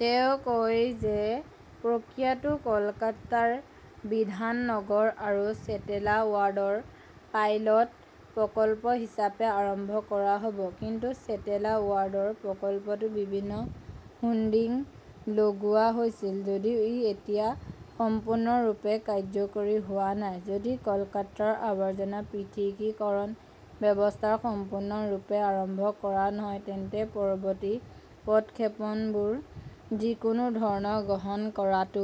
তেওঁ কয় যে এই প্ৰক্ৰিয়াটো কলকাতাৰ বিধাননগৰ আৰু চেটলা ৱাৰ্ডত পাইলট প্ৰকল্প হিচাপে আৰম্ভ কৰা হ 'ব, কিন্তু চেটলা ৱাৰ্ডত প্ৰকল্পটোৰ বিভিন্ন হোৰ্ডিং লগোৱা হৈছিল যদিও ই এতিয়াও সম্পূৰ্ণৰূপে কাৰ্যকৰী হোৱা নাই। যদি কলকাতাত আৱৰ্জনা পৃথকীকৰণ ব্যৱস্থা সম্পূৰ্ণৰূপে আৰম্ভ কৰা নহয়, তেন্তে পৰৱৰ্তী পদক্ষেপবোৰ যিকোনো ধৰণে গ্ৰহণ কৰাটো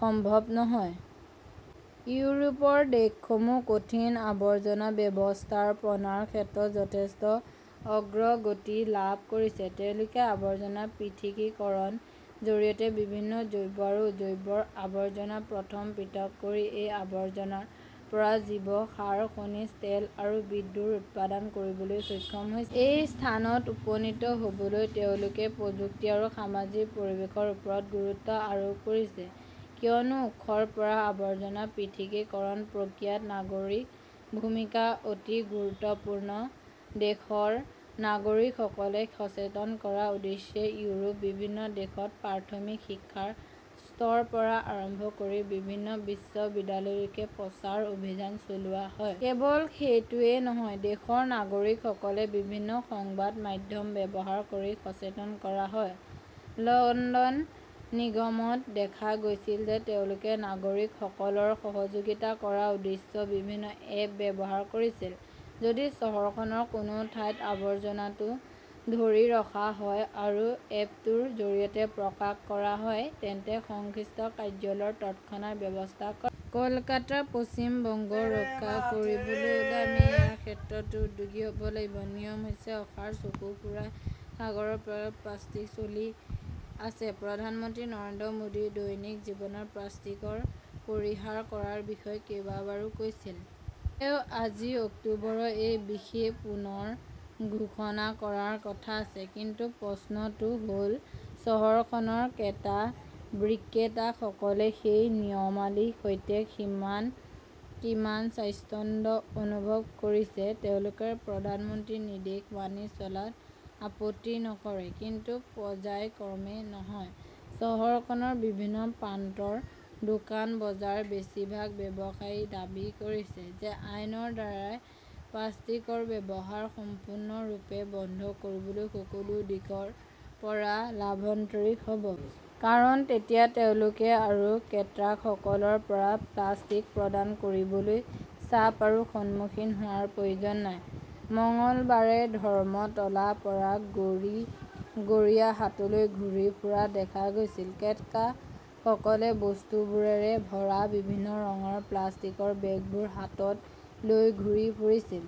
সম্ভৱ নহয়। ইউৰোপৰ দেশসমূহে কঠিন আৱৰ্জনা ব্যৱস্থাপনাৰ ক্ষেত্ৰত যথেষ্ট অগ্ৰগতি লাভ কৰিছে। তেওঁলোকে আৱৰ্জনা পৃথকীকৰণৰ জৰিয়তে বিভিন্ন জৈৱ আৰু অজৈব আৱৰ্জনা প্ৰথমে পৃথক কৰি সেই আৱৰ্জনাৰ পৰা জৈৱ সাৰ, খনিজ তেল আৰু বিদ্যুৎ উৎপাদন কৰিবলৈ সক্ষম হৈছে। এই স্থানত উপনীত হ 'বলৈ তেওঁলোকে প্ৰযুক্তি আৰু সামাজিক পৰিৱেশৰ ওপৰত গুৰুত্ব আৰোপ কৰিছে, কিয়নো উৎসৰ পৰা আৱৰ্জনা পৃথকীকৰণ প্ৰক্ৰিয়াত নাগৰিকৰ ভূমিকা অতি গুৰুত্বপূৰ্ণ। দেশৰ নাগৰিকসকলক সচেতন কৰাৰ উদ্দেশ্যে ইউৰোপৰ বিভিন্ন দেশত প্ৰাথমিক শিক্ষাৰ স্তৰৰ পৰা আৰম্ভ কৰি বিভিন্ন বিশ্ববিদ্যালয়লৈকে প্ৰচাৰ অভিযান চলোৱা হয়। কেৱল সেইটোৱেই নহয়, দেশৰ নাগৰিকসকলক বিভিন্ন সংবাদ মাধ্যম ব্যৱহাৰ কৰি সচেতন কৰা হয়। লণ্ডন নিগমত দেখা গৈছিল যে তেওঁলোকে নাগৰিকসকলক সহযোগিতা কৰাৰ উদ্দেশ্যে বিভিন্ন 'এপ "ব্যৱহাৰ কৰিছিল। যদি চহৰখনৰ কোনো ঠাইত আৱৰ্জনাটো ধৰি ৰখা হয় আৰু এপটোৰ জৰিয়তে প্ৰকাশ কৰা হয় তেন্তে সংশ্লিষ্ট কাৰ্যালয়ে তৎক্ষণাত ব্যৱস্থা কৰে। কলকাতা আৰু পশ্চিম বংগক ৰক্ষা কৰিবলৈ হ'লে আমি ইয়াৰ ক্ষেত্ৰতো উদ্যোগী হ' ব লাগিব। নিয়ম হৈছে অসাৰ, চকু ফুৰাই সাগৰৰ পাৰত প্লাস্তিক চলি আছে প্ৰধানমন্ত্ৰী নৰেন্দ্ৰ মোদীয়ে দৈনিক জীৱনত প্লাষ্টিকৰ পৰিহাৰ কৰাৰ বিষয়ে কেইবাবাৰো কৈছিল। তেওঁ আজি, অক্টোবৰত এই বিষয়ে পুনৰ ঘোষণা কৰাৰ কথা আছে। কিন্তু প্ৰশ্নটো হ'ল, চহৰখনৰ ক্ৰেতা-বিক্ৰেতাসকলে সেই নিয়মাৱলীৰ সৈতে কিমান স্বাচ্ছন্দ্য অনুভৱ কৰিছে? তেওঁলোকে প্ৰধানমন্ত্ৰীৰ নিৰ্দেশ মানি চলাত আপত্তি নকৰে। কিন্তু পৰ্য্যায়ক্ৰমে নহয়। চহৰখনৰ বিভিন্ন প্ৰান্তৰ দোকান-বজাৰৰ বেছিভাগ ব্যৱসায়ীয়ে দাবী কৰিছে যে আইনৰ দ্বাৰা প্লাষ্টিকৰ ব্যৱহাৰ সম্পূৰ্ণৰূপে বন্ধ কৰিলে সকলো দিশৰ পৰা লাভণতৰিত হ 'ব। কাৰণ তেতিয়া তেওঁলোকে আৰু ক্ৰেতাসকলৰ পৰা প্লাষ্টিক প্ৰদান কৰিবলৈ 'চাপ' ৰ সন্মুখীন হোৱাৰ প্ৰয়োজন নাই। মঙলবাৰে ধৰ্মতলাৰ পৰা গড়িয়াহাটলৈ ঘূৰি ফুৰা দেখা গৈছিল, ক্ৰেতাসকলে বস্তুবোৰেৰে ভৰা বিভিন্ন ৰঙৰ প্লাষ্টিকৰ বেগবোৰ হাতত লৈ ঘূৰি ফুৰিছিল।